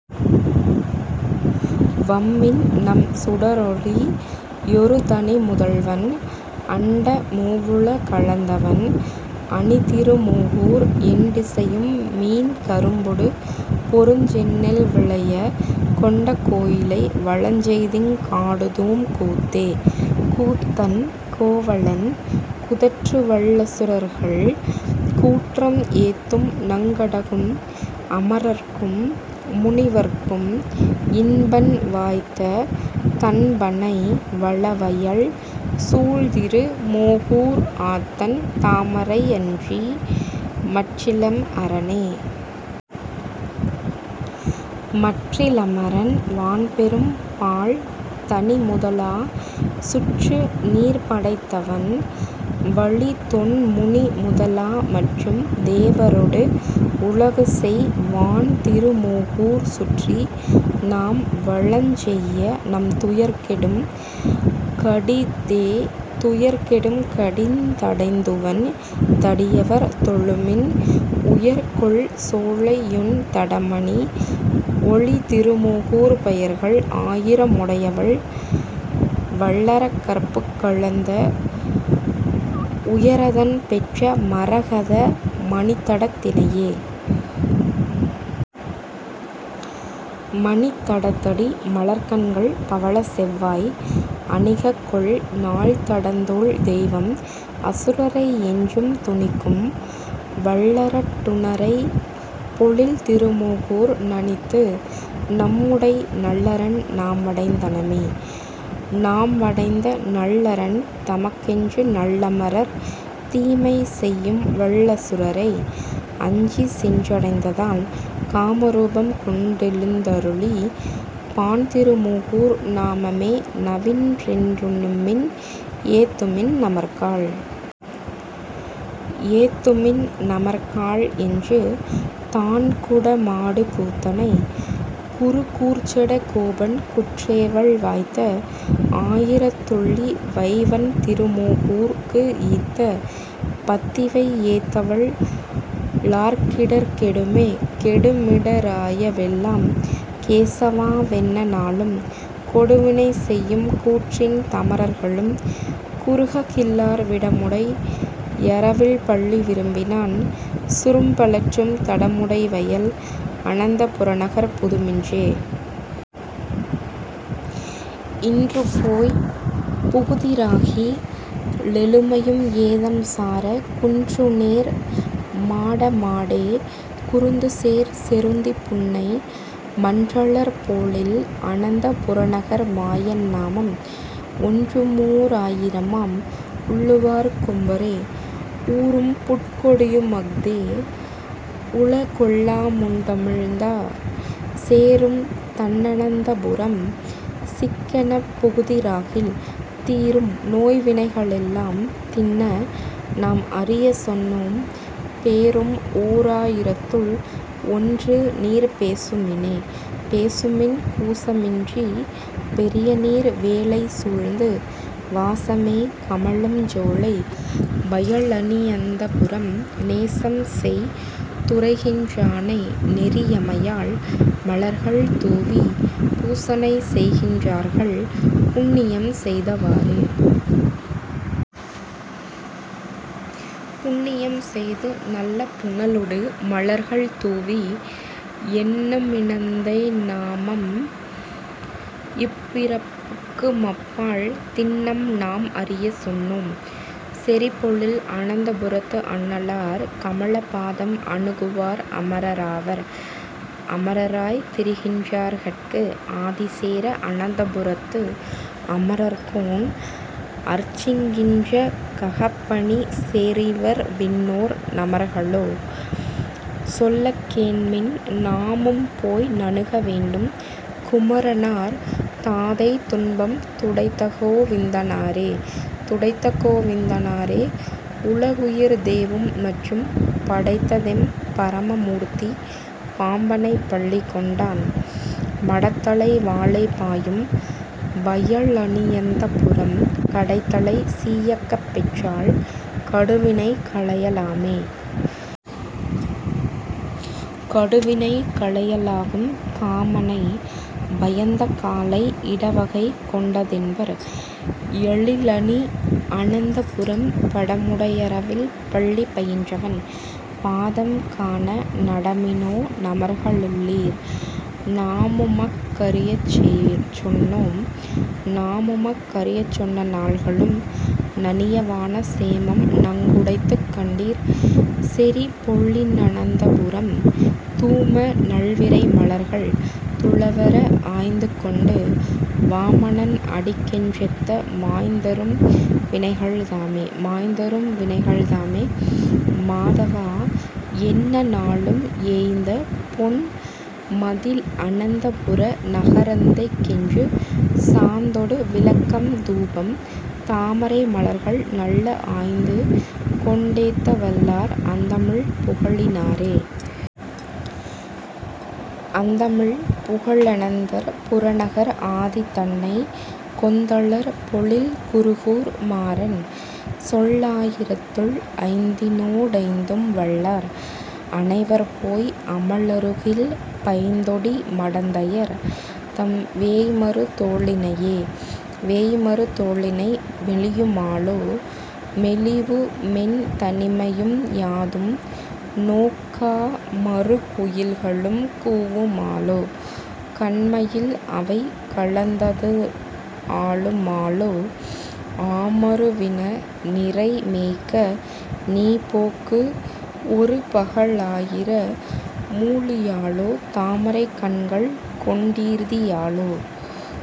வம்மின்நம் சுடரொளி யொருதனி முதல்வன்। அண்ட மூவுல களந்தவன் அணிதிரு மோகூர் எண்டி சையுமீன் கரும்பொடு பொருஞ்செந்நெல் விளைய கொண்ட கோயிலை வலஞ்செய்திங் காடுதும் கூத்தே.. கூத்தன் கோவலன் குதற்றுவல் லசுரர்கள் கூற்றம் ஏத்தும் நங்கடகும் அமரர்க்கும் முனிவர்க்கும் இன்பன் வாய்த்த தண்பணை வளவயல் சூழ்திரு மோகூர் ஆத்தன் தாமரை யடியன்றி மற்றிலம் அரணே.. மற்றி லமரண் வான்பெரும் பாழ்தனி முதலா சுற்று நீர்படைத் ததன்வழித் தொன்முனி முதலா முற்றும் தேவரோ டுலகுசெய் வான்திரு மோகூர் சுற்றி நாம்வலஞ் செய்யநம் துயர்கெடும் கடிதெ.. துயர்கெ டும்கடி தடைந்துவன் தடியவர் தொழுமின் உயர்கொள் சோலையொண் தடமணி யொளிதிரு மோகூர் பெயர்கள் ஆயிர முடையவல் லரக்கர்புக் கழுந்த தயரதன் பெற்ற மரதக மணித்தடத் தினையே.. மணித்த டத்தடி மலர்க்கண்கள் பவளச் செவ்வாய் அணிககொள் நால்தடந் தோள்தெய்வம் அசுரரை யென்றும் துணிக்கும் வல்லரட் டனுறை பொழில்திரு மோகூர் நணித்து நம்முடை நல்லரண் நாமடைந் தனமே.. நாம டைந்தநல் லரண்தமக் கென்றுநல் லமரர் தீமை செய்யும்வல் லசுரரை யஞ்சிச்சென் றடைந்தால் காம ரூபம்கொண் டெழுந்தளிப் பான்திரு மோகூர் நாம மேநவின் றெண்ணுமின் ஏத்துமின் நமர்காள்.. ஏத்து மின்நமர் காள் என்று தான்குட மாடு கூத்தனை குரு கூர்ச்சட கோபன்குற் றேவல் வாய்த்த ஆயிரத் துள்ளிவை வண்திரு மோகூர்க்கு ஈத்த பத்திவை யேத்தவல் லார்க்கிடர் கெடுமே. கெடுமிட ராயவெல்லாம் கேசவா வென்ன நாளும் கொடுவினை செய்யும்கூற்றின் தமர்களும் குறுககில்லார் விடமுடை யரவில்பள்ளி விரும்பினான் சுரும்பலற்றும் தடமுடை வயல் அனந்தபுரநகர்ப் புகுதுமின்றே.. இன்றுபோய்ப் புகுதிராகி லெழுமையும் ஏதம்சார குன்றுனேர் மாடமாடே குருந்துசேர் செருந்திபுன்னை மன்றலர் போழில் அனந்தபுரநகர் மாயன்நாமம் ஒன்றுமோ ராயிரமாம் உள்ளுவார்க் கும்பரூரே.. ஊரும்புட் கொடியுமஃதே யுலகொல்லாமுண்டுமிழ்ந்தான் சேரும்தண் ணனந்தபுரம் சிக்கெனப் புகுதிராகில் தீரும்நோய்வினைகளெல்லாம் திண்ணநாம் அறியச்சொன்னோம் பேரும் ஓராயிரத்துள் ஒன்றுநீர் பேசுமினே.. பேசுமின் கூசமின்றிப் பெரியநீர் வேலைசூழ்ந்து வாசமே கமழுஞ்சோலை வயலணி யனந்தபுரம் நேசம்செய் துறைகின்றானை நெறிமையால் மலர்கள்தூவி பூசனை செய்கின்றார்கள் புண்ணியம் செய்தவாறே.. புண்ணியம் செய்துநல்ல புனலொடு மலர்கள்தூவி எண்ணுமி னெந்தைநாமம் இப்பிறப் பறுக்குமப்பால் திண்ணம்நாம் அறியச்சொன்னோம் செறிபொழில் அனந்தபுரத்து அண்ணலார் கமலபாதம் அணுகுவார் அமரராவார்.. அமரராய்த் திரிகின்றார்கட்கு ஆதிசேர அனந்தபுரத்து அமரர்கோன் அர்ச்சிக்கின்றங் ககப்பணி செய்வர்விண்ணோர் நமர்களோ. சொல்லக்கேண்மின் நாமும்போய் நணுகவேண்டும் குமரனார் தாதைதுன்பம் துடைத்தகோ விந்தனாரே.. துடைத்தகோ விந்தனாரே யுலகுயிர் தேவும்மற்றும் படைத்தவெம் பரமமூர்த்தி பாம்பணைப் பள்ளிகொண்டான் மடைத்தலை வாளைபாயும் வயலணியனந்தபுரம் கடைத்தலை சீய்க்கப்பெற்றால் கடுவினை களையலாமே.. கடுவினை களையலாகும் காமனைப் பயந்தகாளை இடவகை கொண்டதென்பர் எழிலணியனந்தபுரம் படமுடை யரவில்பள்ளி பயின்றவன் பாதம்காண நடமினோ நமர்களுள்ளீர். நாமுமக் கறியச்சொன்னோம்.. நாமுமக் கறியச்சொன்ன நாள்களும் நணியவான சேமம் நங்குடைத்துக்கண்டீர் செறிபொழிலனந்தபுரம் தூமநல் விரைமலர்கள் துவளற ஆய்ந்துகொண்டு வாமனன் அடிக்கென்றெத்த மாய்ந்தறும் வினைகள்தாமே.. மாய்ந்தறும் வினைகள்தாமே மாதவா என்ன நாளும் ஏய்ந்தபொன் மதிளனந்தபுர நகரெந்தைக்கென்று சாந்தொடு விளக்கம்தூபம் தாமரை மலர்கள்நல்ல ஆய்ந்துகொண் டேத்தவல்லார் அந்தமில் புகழினாரே.. அந்தமில் புகழனந்தபுர நகர் ஆதிதன்னை கொந்தலர் பொழில்குருகூர் மாறன் சொல் லாயிரத்துள் ஐந்தினோ டைந்தும்வல்லார் அணைவர்போய் அமருலகில் பைந்தொடி மடந்தையர்தம் வேய்மரு தோளிணையே. வேய்மரு தோளிணை மெலியு மாலோ. மெலிவுமென் தனிமையும் யாதும் நோக்கா காமரு குயில்களும் கூவு மாலோ. கணமயில் அவைகலந்தாலு மாலோ ஆமரு வினநிரை மேய்க்க நீபோக்கு ஒருபக லாயிர மூழி யாலோ தாமரைக் கண்கள்கொண் டீர்தி யாலோ.